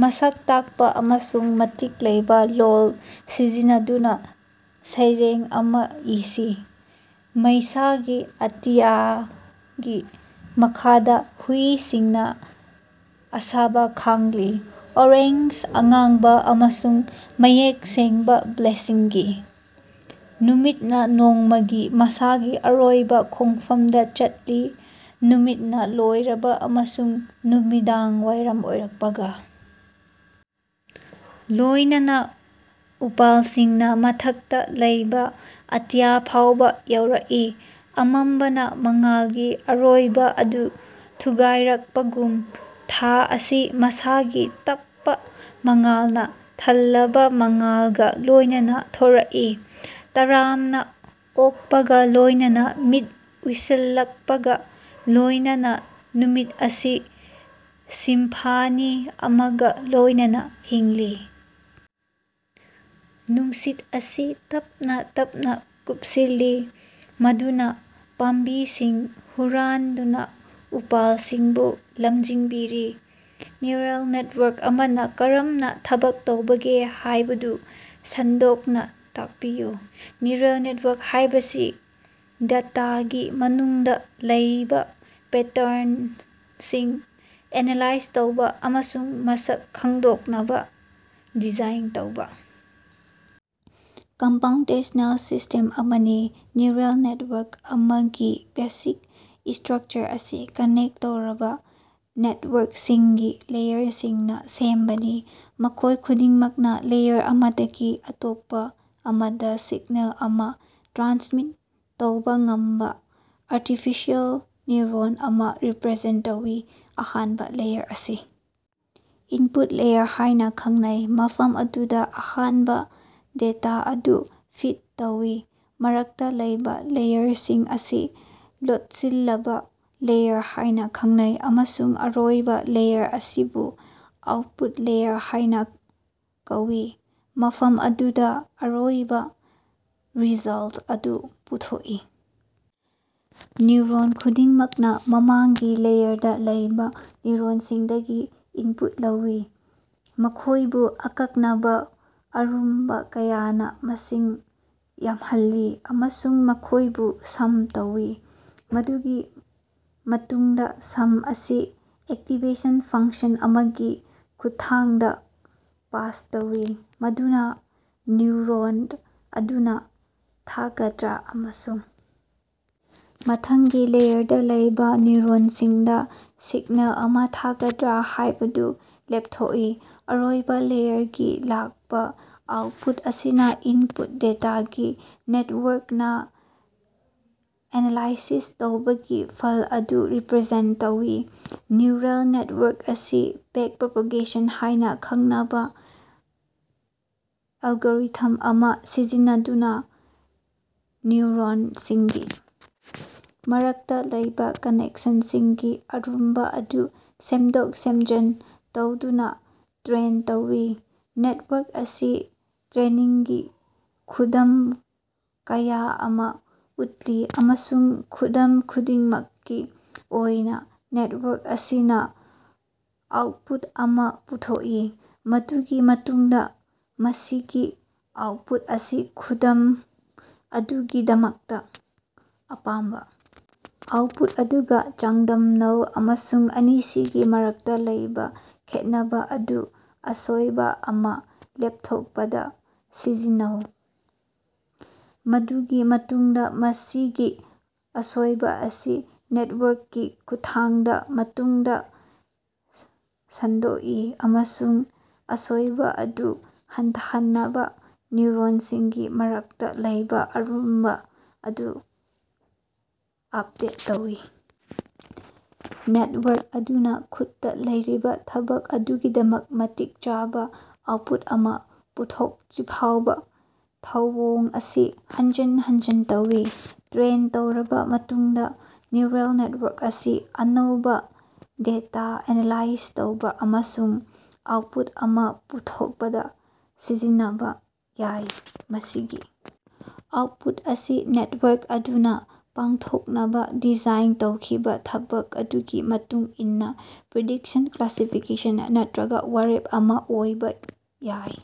ꯃꯁꯛ ꯇꯥꯛꯄꯥ ꯑꯃꯁꯨꯡ ꯃꯇꯤꯛ ꯂꯩꯕꯥ ꯂꯣꯜ ꯁꯤꯖꯤꯟꯅꯗꯨꯅꯥ ꯁꯩꯔꯦꯡ ꯑꯃꯥ ꯏꯁꯤ꯫ ꯃꯩꯁꯥꯒꯤ ꯑꯇꯤꯌꯥꯒꯤ ꯃꯈꯥꯗꯥ ꯍꯨꯏꯁꯤꯡꯅꯥ ꯑꯁꯥꯕ ꯈꯥꯡꯂꯤ꯫ ꯑꯣꯔꯦꯟꯖ, ꯑꯉꯥꯡꯕ ꯑꯃꯁꯨꯡ ꯃꯌꯦꯛ ꯁꯦꯡꯕꯥ ꯕ꯭ꯂꯨꯁꯤꯡꯒꯤ, ꯅꯨꯃꯤꯠꯅꯥ ꯅꯣꯡꯃꯒꯤ ꯃꯁꯥꯒꯤ ꯑꯔꯣꯏꯕꯥ ꯈꯣꯡꯐꯝꯗ ꯆꯠꯂꯤ꯫ ꯅꯨꯃꯤꯠꯅ ꯂꯣꯏꯔꯕꯥ ꯑꯃꯁꯨꯡ ꯅꯨꯃꯤꯗꯥꯡꯋꯥꯏꯔꯝ ꯑꯣꯏꯔꯛꯄꯒ ꯂꯣꯏꯅꯅꯥ, ꯎꯄꯥꯜꯁꯤꯡꯅꯥ ꯃꯊꯛꯇꯥ ꯂꯩꯕꯥ ꯑꯇꯤꯌꯥ ꯐꯥꯎꯕꯥ ꯌꯧꯔꯛꯏ, ꯑꯃꯝꯕꯅꯥ ꯃꯉꯥꯜꯒꯤ ꯑꯔꯣꯏꯕꯥ ꯑꯗꯨ ꯊꯨꯒꯥꯏꯔꯛꯄꯒꯨꯝ, ꯊꯥ ꯑꯁꯤ ꯃꯁꯥꯒꯤ ꯇꯞꯄꯥ ꯃꯉꯥꯜꯅꯥ ꯊꯜꯂꯕꯥ ꯃꯉꯥꯜꯒꯥ ꯂꯣꯏꯅꯅꯥ ꯊꯣꯔꯛꯏ, ꯇꯔꯥꯝꯅꯥ ꯑꯣꯛꯄꯒꯥ ꯂꯣꯏꯅꯅꯥ ꯃꯤꯠ ꯎꯏꯁꯤꯜꯂꯛꯄꯒꯥ ꯂꯣꯏꯅꯅꯥ, ꯅꯨꯃꯤꯠ ꯑꯁꯤ ꯁꯤꯝꯐꯅꯤ ꯑꯃꯒꯥ ꯂꯣꯏꯅꯅꯥ ꯍꯤꯡꯂꯤ꯫ ꯅꯨꯡꯁꯤꯠ ꯑꯁꯤ ꯇꯞꯅꯥ ꯇꯞꯅꯥ ꯀꯨꯞꯁꯤꯜꯂꯤ, ꯃꯗꯨꯅꯥ ꯄꯥꯝꯕꯤꯁꯤꯡ ꯍꯨꯔꯥꯟꯗꯨꯅꯥ ꯎꯄꯥꯜꯁꯤꯡꯕꯨ ꯂꯝꯖꯤꯡꯕꯤꯔꯤ꯫ ꯅ꯭ꯌꯨꯔꯦꯜ ꯅꯦꯠꯋꯥꯛ ꯑꯃꯅꯥ ꯀꯔꯝꯅꯥ ꯊꯕꯛ ꯇꯧꯕꯒꯦ ꯍꯥꯏꯕꯗꯨ ꯁꯟꯗꯣꯛꯅꯥ ꯇꯥꯛꯄꯤꯌꯨ꯫ ꯅ꯭ꯌꯨꯔꯦꯜ ꯅꯦꯠꯋꯥꯛ ꯍꯥꯏꯕꯁꯤ ꯗꯦꯇꯥꯒꯤ ꯃꯅꯨꯡꯗꯥ ꯂꯩꯕꯥ ꯄꯦꯇ꯭ꯔꯟꯁꯤꯡ ꯑꯦꯅꯥꯂꯥꯏꯖ ꯇꯧꯕꯥ ꯑꯃꯁꯨꯡ ꯃꯁꯛ ꯈꯪꯗꯣꯛꯅꯕꯥ ꯗꯤꯖꯥꯏꯟ ꯇꯧꯕꯥ ꯀꯝꯄ꯭ꯌꯨꯇꯦꯁꯅꯦꯜ ꯁꯤꯁꯇꯦꯝ ꯑꯃꯅꯤ꯫ ꯅ꯭ꯌꯨꯔꯦꯜ ꯅꯦꯠꯋꯥꯔꯛ ꯑꯃꯒꯤ ꯕꯦꯁꯤꯛ ꯏꯁꯇ꯭ꯔꯛꯆꯔ ꯑꯁꯤ ꯀꯅꯦꯛ ꯇꯧꯔꯕꯥ ꯅꯣꯠꯁꯤꯡꯒꯤ ꯂꯦꯌꯔꯁꯤꯡꯅꯥ ꯁꯦꯝꯕꯅꯤ, ꯃꯈꯣꯏ ꯈꯨꯗꯤꯡꯃꯛꯅꯥ ꯂꯦꯌꯔ ꯑꯃꯗꯒꯤ ꯑꯇꯣꯞꯄꯥ ꯑꯃꯗꯥ ꯁꯤꯛꯅꯦꯜ ꯑꯃꯥ ꯇ꯭ꯔꯥꯟꯁꯃꯤꯠ ꯇꯧꯕꯥ ꯉꯝꯕꯥ ꯑꯥꯔꯇꯤꯐꯤꯁꯤꯑꯦꯜ ꯅ꯭ꯌꯨꯔꯣꯟ ꯑꯃꯥ ꯔꯤꯄ꯭ꯔꯖꯦꯟꯇ ꯇꯧꯏ꯫ ꯑꯍꯥꯟꯕꯥ ꯂꯦꯌꯔ ꯑꯁꯤ ꯏꯟꯄꯨꯠ ꯂꯦꯌꯔ ꯍꯥꯏꯅꯥ ꯈꯪꯅꯩ, ꯃꯐꯝ ꯑꯗꯨꯗꯥ ꯑꯍꯥꯟꯕꯥ ꯗꯦꯇꯥ ꯑꯗꯨ ꯐꯤꯠ ꯇꯧꯏ, ꯃꯔꯛꯇꯥ ꯂꯩꯕꯥ ꯂꯦꯌꯔꯁꯤꯡ ꯑꯁꯤ ꯂꯣꯠꯁꯤꯜꯂꯕꯥ ꯂꯦꯌꯔ ꯍꯥꯏꯅꯥ ꯈꯪꯅꯩ ꯑꯃꯁꯨꯡ ꯑꯔꯣꯏꯕꯥ ꯂꯦꯌꯔ ꯑꯁꯤꯕꯨ ꯑꯥꯎꯠꯄꯨꯠ ꯂꯦꯌꯔ ꯍꯥꯏꯅꯥ ꯀꯧꯏ, ꯃꯐꯝ ꯑꯗꯨꯗꯥ ꯑꯔꯣꯏꯕꯥ ꯔꯤꯖꯜꯇ ꯑꯗꯨ ꯄꯨꯊꯣꯛꯏ꯫ ꯅ꯭ꯌꯨꯔꯣꯟ ꯈꯨꯗꯤꯡꯃꯛꯅꯥ ꯃꯃꯥꯡꯒꯤ ꯂꯦꯌꯔꯗꯥ ꯂꯩꯕꯥ ꯅ꯭ꯌꯨꯔꯣꯟꯁꯤꯡꯗꯒꯤ ꯏꯟꯄꯨꯠ ꯂꯧꯏ, ꯃꯈꯣꯏꯕꯨ ꯑꯀꯛꯅꯕꯥ ꯑꯔꯨꯝꯕꯥ ꯀꯌꯥꯅꯥ ꯃꯁꯤꯡ ꯌꯥꯝꯍꯜꯂꯤ ꯑꯃꯁꯨꯡ ꯃꯈꯣꯏꯕꯨ ꯁꯝ ꯇꯧꯏ꯫ ꯃꯗꯨꯒꯤ ꯃꯇꯨꯡꯗꯥ ꯁꯝ ꯑꯁꯤ ꯑꯦꯛꯇꯤꯚꯦꯁꯟ ꯐꯪꯁꯟ ꯑꯃꯒꯤ ꯈꯨꯠꯊꯥꯡꯗꯥ ꯄꯥꯁ ꯇꯧꯏ, ꯃꯗꯨꯅꯥ ꯅ꯭ꯌꯨꯔꯣꯟ ꯑꯗꯨꯅꯥ ꯊꯥꯒꯗ꯭ꯔꯥ ꯑꯃꯁꯨꯡ ꯃꯊꯪꯒꯤ ꯂꯦꯌꯔꯗꯥ ꯂꯩꯕꯥ ꯅ꯭ꯌꯨꯔꯣꯟꯁꯤꯡꯗꯥ ꯁꯤꯛꯅꯦꯜ ꯑꯃꯥ ꯊꯥꯒꯗ꯭ꯔꯥ ꯍꯥꯏꯕꯗꯨ ꯂꯦꯞꯊꯣꯛꯏ꯫ ꯑꯔꯣꯏꯕꯥ ꯂꯦꯌꯔꯗꯒꯤ ꯂꯥꯛꯄꯥ ꯑꯥꯎꯠꯄꯨꯠ ꯑꯁꯤꯅꯥ ꯏꯟꯄꯨꯠ ꯗꯦꯇꯥꯒꯤ ꯅꯦꯠꯋꯥꯛꯅꯥ ꯑꯦꯅꯥꯂꯥꯏꯁꯤꯁ ꯇꯧꯕꯒꯤ ꯐꯜ ꯑꯗꯨ ꯔꯤꯄ꯭ꯔꯖꯦꯟꯇ ꯇꯧꯏ꯫ ꯅ꯭ꯌꯨꯔꯜ ꯅꯦꯠꯋꯥꯛ ꯑꯁꯤ ꯕꯦꯛꯄ꯭ꯔꯣꯄꯥꯒꯦꯁꯟ ꯍꯥꯏꯅꯥ ꯈꯪꯅꯕꯥ ꯑꯦꯜꯒꯣꯔꯤꯊꯝ ꯑꯃꯥ ꯁꯤꯖꯤꯟꯅꯗꯨꯅꯥ ꯅ꯭ꯌꯨꯔꯣꯟꯁꯤꯡꯒꯤ ꯃꯔꯛꯇꯥ ꯂꯩꯕꯥ ꯀꯅꯦꯛꯁꯟꯁꯤꯡꯒꯤ ꯑꯔꯨꯝꯕꯥ ꯑꯗꯨ ꯁꯦꯝꯗꯣꯛ-ꯁꯦꯝꯖꯤꯟ ꯇꯧꯗꯨꯅꯥ ꯇ꯭ꯔꯦꯟ ꯇꯧꯏ꯫ ꯅꯦꯠꯋꯥꯛ ꯑꯁꯤ ꯇ꯭ꯔꯦꯅꯤꯡꯒꯤ ꯈꯨꯗꯝ ꯀꯌꯥ ꯑꯃꯥ ꯎꯠꯂꯤ ꯑꯃꯁꯨꯡ ꯈꯨꯗꯝ ꯈꯨꯗꯤꯡꯃꯛꯀꯤ ꯑꯣꯏꯅꯥ ꯅꯦꯠꯋꯥꯛ ꯑꯁꯤꯅꯥ ꯑꯥꯎꯠꯄꯨꯠ ꯑꯃꯥ ꯄꯨꯊꯣꯛꯏ꯫ ꯃꯗꯨꯒꯤ ꯃꯇꯨꯡꯗꯥ ꯃꯁꯤꯒꯤ ꯑꯥꯎꯠꯄꯨꯠ ꯑꯁꯤ ꯈꯨꯗꯝ ꯑꯗꯨꯒꯤꯗꯃꯛꯇꯥ ꯑꯄꯥꯝꯕꯥ ꯑꯥꯎꯠꯄꯨꯠ ꯑꯗꯨꯒꯥ ꯆꯥꯡꯗꯝꯅꯩ ꯑꯃꯁꯨꯡ ꯑꯅꯤꯁꯤꯒꯤ ꯃꯔꯛꯇꯥ ꯂꯩꯕꯥ ꯈꯦꯠꯅꯕꯥ ꯑꯗꯨ ꯑꯁꯣꯏꯕꯥ ꯑꯃꯥ ꯂꯦꯞꯊꯣꯛꯄꯗꯥ ꯁꯤꯖꯤꯟꯅꯩ꯫ ꯃꯗꯨꯒꯤ ꯃꯇꯨꯡꯗꯥ ꯃꯁꯤꯒꯤ ꯑꯁꯣꯏꯕꯥ ꯑꯁꯤ ꯅꯦꯠꯋꯥꯛꯀꯤ ꯈꯨꯠꯊꯥꯡꯗꯥ ꯃꯇꯨꯡꯗꯥ ꯁꯟꯗꯣꯛꯏ ꯑꯃꯁꯨꯡ ꯑꯁꯣꯏꯕꯥ ꯑꯗꯨ ꯍꯟꯊꯍꯟꯅꯕꯥ ꯅ꯭ꯌꯨꯔꯣꯟꯁꯤꯡꯒꯤ ꯃꯔꯛꯇꯥ ꯂꯩꯕꯥ ꯑꯔꯨꯝꯕꯥ ꯑꯗꯨ ꯑꯞꯗꯦꯠ ꯇꯧꯏ꯫ ꯅꯦꯠꯋꯥꯛ ꯑꯗꯨꯅꯥ ꯈꯨꯠꯇꯥ ꯂꯩꯔꯤꯕꯥ ꯊꯕꯛ ꯑꯗꯨꯒꯤꯗꯃꯛ ꯃꯇꯤꯛ ꯆꯥꯕꯥ ꯑꯥꯎꯠꯄꯨꯠ ꯑꯃꯥ ꯄꯨꯊꯣꯛꯇ꯭ꯔꯤꯐꯥꯎꯕꯥ ꯊꯧꯑꯣꯡ ꯑꯁꯤ ꯍꯟꯖꯤꯟ ꯍꯟꯖꯤꯟ ꯇꯧꯏ꯫ ꯇ꯭ꯔꯦꯟ ꯇꯧꯔꯕꯥ ꯃꯇꯨꯡꯗꯥ ꯅ꯭ꯌꯨꯔꯦꯜ ꯅꯦꯠꯋꯥꯛ ꯑꯁꯤ ꯑꯅꯧꯕꯥ ꯗꯦꯇꯥ ꯑꯦꯅꯥꯂꯥꯏꯖ ꯇꯧꯕꯥ ꯑꯃꯁꯨꯡ ꯑꯥꯎꯠꯄꯨꯠ ꯑꯃꯥ ꯄꯨꯊꯣꯛꯄꯗꯥ ꯁꯤꯖꯤꯟꯅꯕꯥ ꯌꯥꯏ꯫ ꯃꯁꯤꯒꯤ ꯑꯥꯎꯠꯄꯨꯠ ꯑꯁꯤ ꯅꯦꯠꯋꯥꯛ ꯑꯗꯨꯅꯥ ꯄꯥꯡꯊꯣꯛꯅꯕꯥ ꯗꯤꯖꯥꯏꯟ ꯇꯧꯈꯤꯕꯥ ꯊꯕꯛ ꯑꯗꯨꯒꯤ ꯃꯇꯨꯡ ꯏꯟꯅꯥ ꯄ꯭ꯔꯤꯗꯤꯛꯁꯟ, ꯀ꯭ꯂꯥꯁꯤꯐꯤꯀꯦꯁꯟ ꯅꯠꯇ꯭ꯔꯒꯥ ꯋꯥꯔꯦꯞ ꯑꯃꯥ ꯑꯣꯏꯕꯥ ꯌꯥꯏ꯫